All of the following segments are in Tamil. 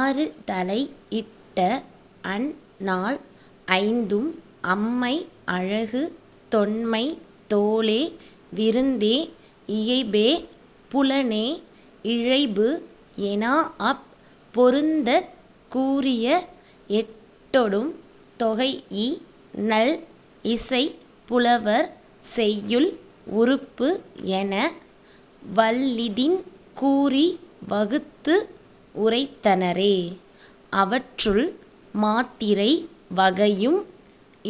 ஆறு தலை இட்ட அந் நால் ஐந்தும் அம்மை அழகு தொன்மை தோலே விருந்தே இயைபே புலனே இழைபு எனாஅப் பொருந்தக் கூறிய எட்டொடும் தொகைஇ நல் இசைப் புலவர் செய்யுள் உறுப்பு என வல்லிதின் கூறி வகுத்து உரைத்தனரே. அவற்றுள், மாத்திரை வகையும்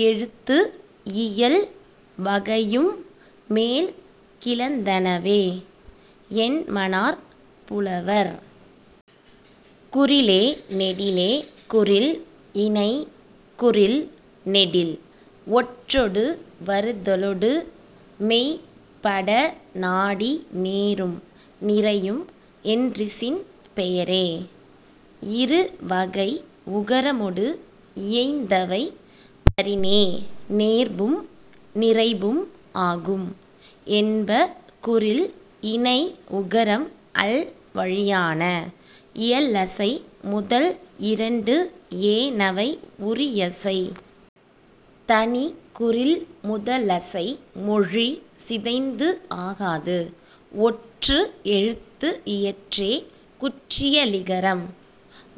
எழுத்து இயல் வகையும் மேல் கிளந்தனவே என்மனார் புலவர். குறிலே நெடிலே குறில் இணை குறில் நெடில் ஒற்றொடு வருதலொடு மெய்ப் பட நாடி நேரும் நிரையும் என்றிசின் பெயரே. இரு வகை உகரமொடு இயைந்தவை வரினே நேர்பும் நிரைபும் ஆகும் என்ப குறில் இணை உகரம் அல் வழியான. இயலசை முதல் இரண்டு ஏனவை உரியசை. தனிக் குறில் முதலசை மொழி சிதைந்து ஆகாது. ஒற்று எழுத்து இயற்றே குற்றியலிகரம்.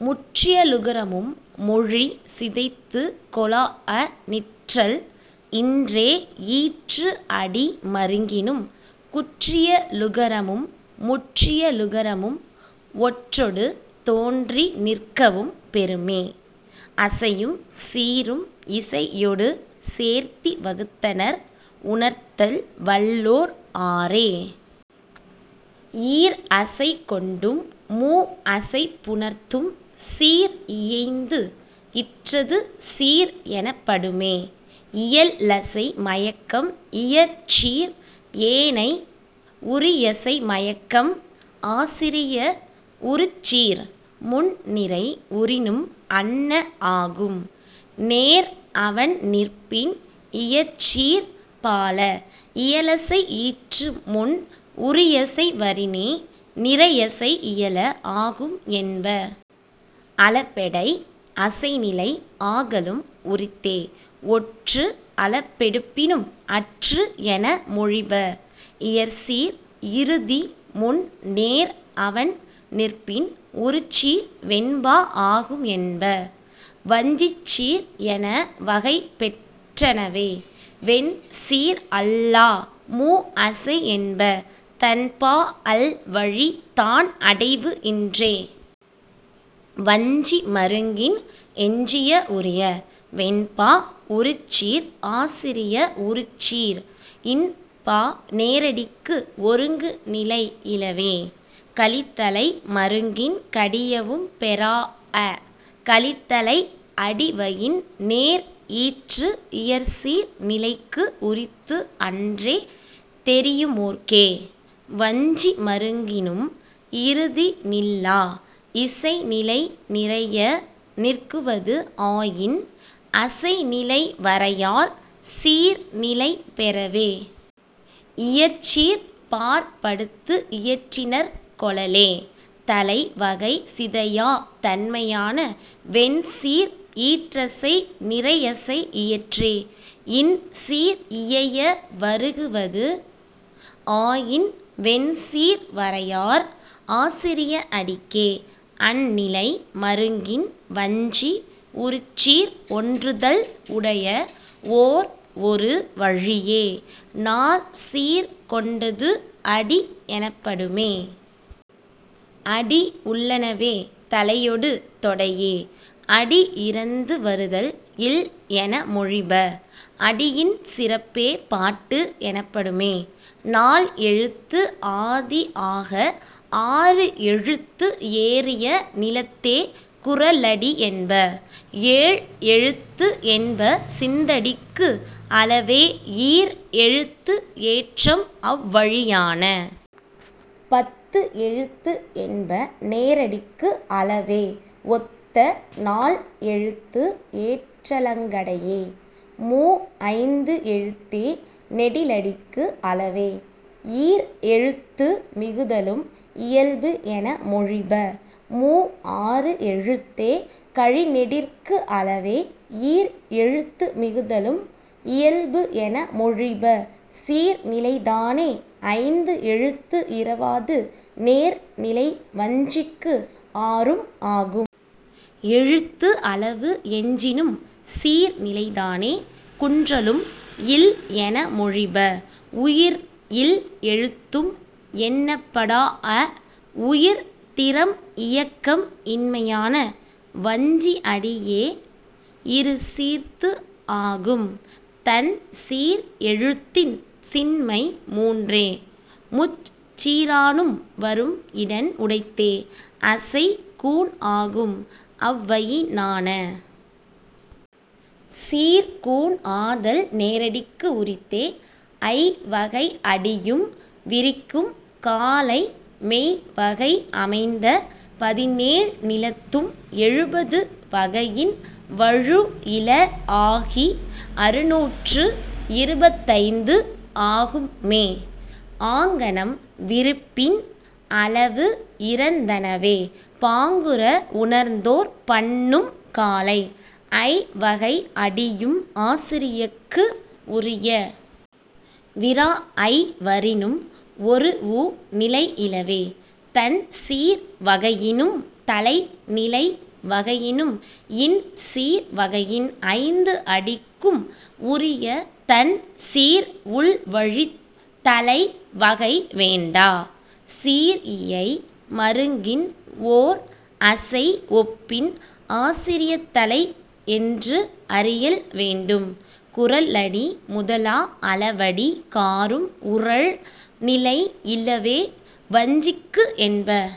முற்றியலுகரமும் மொழி சிதைத்துக் கொளாஅ நிற்றல் இன்றே ஈற்று அடி மருங்கினும். குற்றியலுகரமும் முற்றியலுகரமும் ஒற்றொடு தோன்றி நிற்கவும் பெறுமே. அசையும் சீரும் இசையொடு சேர்த்தி வகுத்தனர் உணர்த்தல் வல்லோர் ஆறே. ஈர் அசை கொண்டும் மூ அசை புணர்த்தும் சீர் இயைந்து இற்றது சீர் எனப்படுமே. இயலசை மயக்கம் இயற்சீர் ஏனை உரியசை மயக்கம் ஆசிரிய உரிச்சீர். முன் நிரை உறினும் அன்ன ஆகும். நேர் அவண் நிற்பின் இயற்சீர்ப் பால. இயலசை ஈற்று முன் உரியசை வரினே நிரையசை இயல ஆகும் என்ப. அளபெடை அசைநிலை ஆகலும் உரித்தே. ஒற்று அளபெடுப்பினும் அற்று என மொழிப. இயற்சீர் இறுதி முன் நேர் அவண் நிற்பின் உரிச்சீர் வெண்பா ஆகும் என்ப. வஞ்சிச் சீர் என வகை பெற்றனவே வெண் சீர் அல்லா மூ அசை என்ப. தன் பா அல் வழி தான் அடைவு இன்றே. வஞ்சி மருங்கின் எஞ்சிய உரிய. வெண்பா உரிச்சீர் ஆசிரிய உரிச்சீர் இன் பா நேரடிக்கு ஒருங்கு நிலை இலவே. கலித்தளை மருங்கின் கடியவும் பெறாஅ. கலித்தளை அடிவயின் நேர் ஈற்று இயற்சீர் நிலைக்கு உரித்து அன்றே தெரியுமோர்க்கே. வஞ்சி மருங்கினும் இறுதி நில்லா. இசைநிலை நிறைய நிற்குவது ஆயின் அசைநிலை வரையார் சீர் நிலை பெறவே. இயற்சீர்ப் பாற்படுத்து இயற்றினர் கொளலே தளை வகை சிதையாத் தன்மையான. வெண்சீர் ஈற்றசை நிரையசை இயற்றே. இன் சீர் இயைய வருகுவது ஆயின் வெண்சீர் வரையார் ஆசிரிய அடிக்கே. அந் நிலை மருங்கின் வஞ்சி உரிச்சீர் ஒன்றுதல் உடைய ஓர் ஒரு வழியே. நாற் சீர் கொண்டது அடி எனப்படுமே. அடி உள்ளனவே தளையொடு தொடையே. அடி இறந்து வருதல் இல் என மொழிப. அடியின் சிறப்பே பாட்டு எனப்படுமே. நால் எழுத்து ஆதி ஆக ஆறு எழுத்து ஏறிய நிலத்தே குறளடி என்ப. ஏழ் எழுத்து என்ப சிந்தடிக்கு அளவே ஈர் எழுத்து ஏற்றம் அவ் வழியான. பத்து எழுத்து என்ப நேரடிக்கு அளவே ஒத்த நால் எழுத்து ஏற்றலங்கடையே. மூ ஐந்து எழுத்தே நெடிலடிக்கு அளவே ஈர் எழுத்து மிகுதலும் இயல்பு என மொழிப. மூ ஆறு எழுத்தே கழிநெடிற்கு அளவே ஈர் எழுத்து மிகுதலும் இயல்பு என மொழிப. சீர் நிலைதானே ஐந்து எழுத்து இறவாது நேர் நிலை வஞ்சிக்கு ஆறும் ஆகும். எழுத்து அளவு எஞ்சினும் சீர் நிலைதானே குன்றலும் இல் என மொழிப. உயிர் இல் எழுத்தும் எண்ணப்படாஅ உயிர்த் திறம் இயக்கம் இன்மையான. வஞ்சி அடியே இரு சீர்த்து ஆகும். தன் சீர் எழுத்தின் சின்மை மூன்றே. முச் சீரானும் வரும் இடன் உடைத்தே. அசை கூன் ஆகும் அவ்வயினான. சீர் கூன் ஆதல் நேரடிக்கு உரித்தே. ஐ வகை அடியும் விரிக்கும் காலை மெய் வகை அமைந்த பதினேழ் நிலத்தும் எழுபது வகையின் வழு இல ஆகி அறுநூற்று இருபத்தைந்து ஆகும்மே. ஆங்கனம் விரிப்பின் அளவு இறந்தனவே பாங்குற உணர்ந்தோர் பன்னும் காலை. ஐ வகை அடியும் ஆசிரியக்கு உரிய. விராஅய் வரினும் ஒரூஉ நிலை இலவே. தன் சீர் வகையினும் தளை நிலை வகையினும் இன் சீர் வகையின் ஐந்து அடிக்கும் உரிய தன் சீர் உள்வழித் தளை வகை வேண்டா. சீர் இயை மருங்கின் ஓர் அசை ஒப்பின் ஆசிரியத் தளை என்று அறியல் வேண்டும். குறளடி முதலா அளவடி காறும் உறழ் நிலை இலவே வஞ்சிக்கு என்ப.।